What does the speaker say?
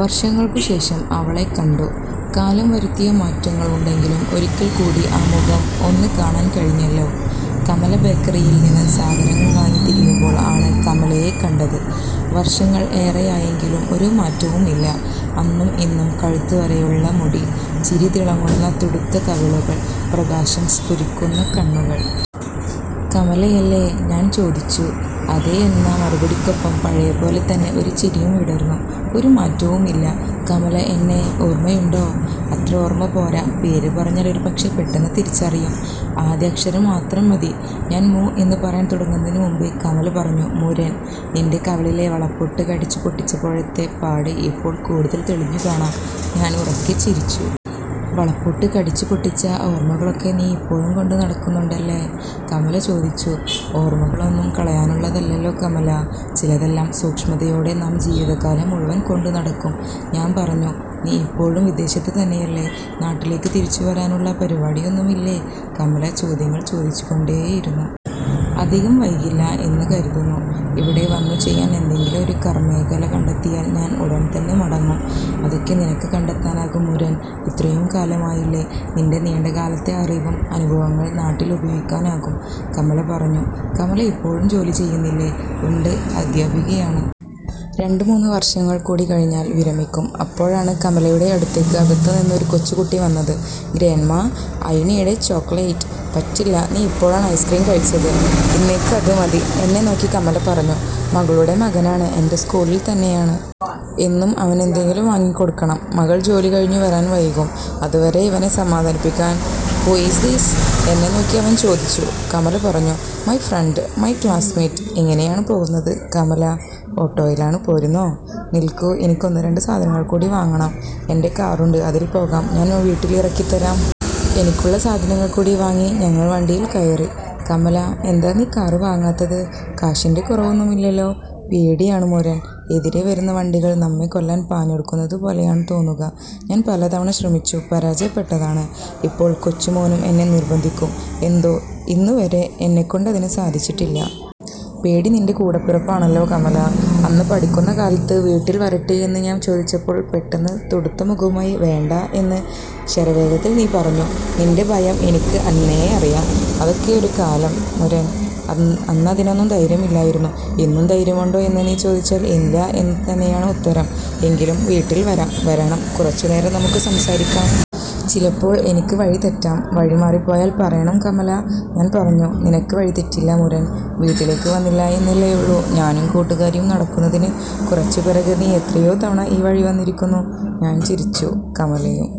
വർഷങ്ങൾക്കുശേഷം അവളെ കണ്ടു, കാലം വരുത്തിയ മാറ്റങ്ങളുണ്ടെങ്കിലും ഒരിക്കൽ കൂടി ആ മുഖം ഒന്ന് കാണാൻ കഴിഞ്ഞല്ലോ... കമല ബേക്കറിയിൽ നിന്ന് സാധനങ്ങൾ വാങ്ങി തിരിയുമ്പോൾ ആണ് കമലയെ കണ്ടത്. വർഷങ്ങൾ ഏറെയായെങ്കിലും ഒരു മാറ്റവുമില്ല. അന്നും ഇന്നും കഴുത്ത് വരെയുള്ള മുടി, ചിരി തിളങ്ങുന്ന തുടുത്ത കവിളുകൾ, പ്രകാശം സ്ഫുരിക്കുന്ന കണ്ണുകൾ. "കമലയല്ലേ" ഞാൻ ചോദിച്ചു. അതെയെന്ന മറുപടിക്കൊപ്പം പഴയപോലെ തന്നെ ഒരു ചിരിയും വിടർന്നു. "ഒരു മാറ്റവുമില്ല കമല, എന്നെ ഓർമയുണ്ടോ" "അത്ര ഓർമ പോര, പേര് പറഞ്ഞാൽ ഒരു പക്ഷെ പെട്ടെന്ന് തിരിച്ചറിയും, ആദ്യ അക്ഷരം മാത്രം മതി". ഞാൻ മു എന്ന് പറയാൻ തുടങ്ങുന്നതിനുമുമ്പേ കമല പറഞ്ഞു, 'മുരൻ, നിന്റെ കവിളിലെ വളപ്പൊട്ട് കടിച്ചു പൊട്ടിച്ചപ്പോഴത്തെ പാട് ഇപ്പോൾ കൂടുതൽ തെളിഞ്ഞു കാണാം' ഞാൻ ഉറക്കെ ചിരിച്ചു. 'വളപ്പൊട്ട് കടിച്ചു പൊട്ടിച്ച ഓർമകളൊക്കെ നീ ഇപ്പോഴും കൊണ്ട് നടക്കുന്നുണ്ടല്ലെ' കമല ചോദിച്ചു. 'ഓർമകളൊന്നും കളയാനുള്ളതല്ലല്ലോ കമല, ചിലതെല്ലാം സൂക്ഷ്മതയോടെ നാം ജീവിതകാലം മുഴുവൻ കൊണ്ട് നടക്കും'. ഞാൻ പറഞ്ഞു. 'നീ ഇപ്പോഴും വിദേശത്ത് തന്നെയല്ലേ, നാട്ടിലേക്കു തിരിച്ചു വരാനുള്ള പരിപാടിയൊന്നുമില്ലേ? ' കമല ചോദ്യങ്ങൾ ചോദിച്ചു കൊണ്ടേയിരുന്നു. 'അധികം വൈകില്ല എന്ന് കരുതുന്നു. ഇവിടെ വന്നു ചെയ്യാൻ എന്തെകിലും ഒരു കർമമേഖല കണ്ടെത്തിയാൽ ഞാൻ ഉടനെ മടങ്ങും'. 'അതൊക്കെ നിനക്ക് കണ്ടെത്താനാകും മുരൻ, ഇത്രയും കാലമായില്ലേ, നിന്റെ നീണ്ടകാലത്തെ അറിവും അനുഭവങ്ങളും നാട്ടിൽ ഉപയോഗിക്കാനാകും'. കമല പറഞ്ഞു. കമല ഇപ്പോഴും ജോലി ചെയ്യുന്നില്ലേ. ഉണ്ട്, അധ്യാപികയാണ്. രണ്ടുമൂന്ന് വർഷങ്ങൾ കൂടി കഴിഞ്ഞാൽ വിരമിക്കും. അപ്പോഴാണ് കമലയുടെ അടുത്തേക്ക് അകത്ത് നിന്ന് ഒരു കൊച്ചു കുട്ടി വന്നത്. 'Grandma, I need a chocolate ' പറ്റില്ല, നീ ഇപ്പോഴാണ് ഐസ്ക്രീം കഴിച്ചത്, ഇന്നേക്ക് അത് മതി. എന്നെ നോക്കി കമല പറഞ്ഞു, 'മകളുടെ മകനാണ്, എന്റെ സ്കൂളിൽ തന്നെയാണ്. എന്നും അവനെന്തെങ്കിലും വാങ്ങി കൊടുക്കണം, മകൾ ജോലി കഴിഞ്ഞു വരാൻ വൈകും, അത് വരെ ഇവനെ സമാധാനിപ്പിക്കാൻ'. 'ഹു ഈസ് ദിസ്' എന്നെ നോക്കി അവൻ ചോദിച്ചു. കമല പറഞ്ഞു, 'മൈ ഫ്രണ്ട്, മൈ ക്ലാസ്മേറ്റ്. 'എങ്ങിനെയാണ് പോകുന്നത് കമല' 'ഓട്ടോയിലാണ്, പോരുന്നോ'. 'നിൽക്കൂ, എനിക്ക് ഒന്ന് രണ്ട് സാധനങ്ങൾ കൂടി വാങ്ങണം, എന്റെ കാറുണ്ട് അതിൽ പോകാം, ഞാൻ വീട്ടിൽ ഇറക്കി തരാം'. എനിക്കുള്ള സാധനങ്ങൾ കൂടി വാങ്ങി ഞങ്ങൾ വണ്ടിയിൽ കയറി. 'കമല എന്താ നീ കാറ് വാങ്ങാത്തത്, കാശിന്റെ കുറവൊന്നുമില്ലല്ലോ' 'പേടിയാണ് മുരൻ, എതിരെ വരുന്ന വണ്ടികൾ നമ്മെ കൊല്ലാൻ പാഞ്ഞടുക്കുന്നതുപോലെയാണ് തോന്നുക, ഞാൻ പല തവണ ശ്രമിച്ചു പരാജയപ്പെട്ടതാണ്. ഇപ്പോൾ കൊച്ചുമോനും എന്നെ നിർബന്ധിക്കും, എന്തോ ഇന്നുവരെ എന്നൊക്കൊണ്ടതിന് സാധിച്ചില്ല'. 'പേടി നിന്റെ കൂടപ്പിറപ്പാണല്ലോ കമല, അന്ന് പഠിക്കുന്ന കാലത്ത് വീട്ടിൽ വരട്ടെ എന്ന് ഞാൻ ചോദിച്ചപ്പോൾ, പെട്ടെന്ന് തുടുത്ത മുഖവുമായി 'വേണ്ട' എന്ന് ശരവേഗത്തിൽ നീ പറഞ്ഞു. നിന്റെ ഭയം എനിക്ക് അന്നേ അറിയാം'. 'അതൊക്കെ ഒരു കാലം മുരൻ, അന്നതിനൊന്നും ധൈര്യമില്ലായിരുന്നു. ഇന്നും ധൈര്യമുണ്ടോ എന്ന് നീ ചോദിച്ചാൽ ഇല്ല എന്നുതന്നെയാണ് ഉത്തരം, എങ്കിലും വീട്ടിൽ വരാം, വരണം, കുറച്ചു നേരം നമുക്ക് സംസാരിക്കാം'. 'ചിലപ്പോൾ എനിക്ക് വഴി തെറ്റാം, വഴിമാറിപോയാൽ പറയണം കമല'. ഞാൻ പറഞ്ഞു. 'നിനക്ക് വഴിതെറ്റില്ല മുരൻ, വീട്ടിലേക്ക് വന്നില്ലായെന്നല്ലേയുള്ളൂ. ഞാനും കൂട്ടുകാരിയും നടക്കുന്നതിന് കുറച്ചു പിറകെ നീ എത്രയോ തവണ ഈ വഴി വന്നിരിക്കുന്നു'. ഞാൻ ചിരിച്ചു, കമലയും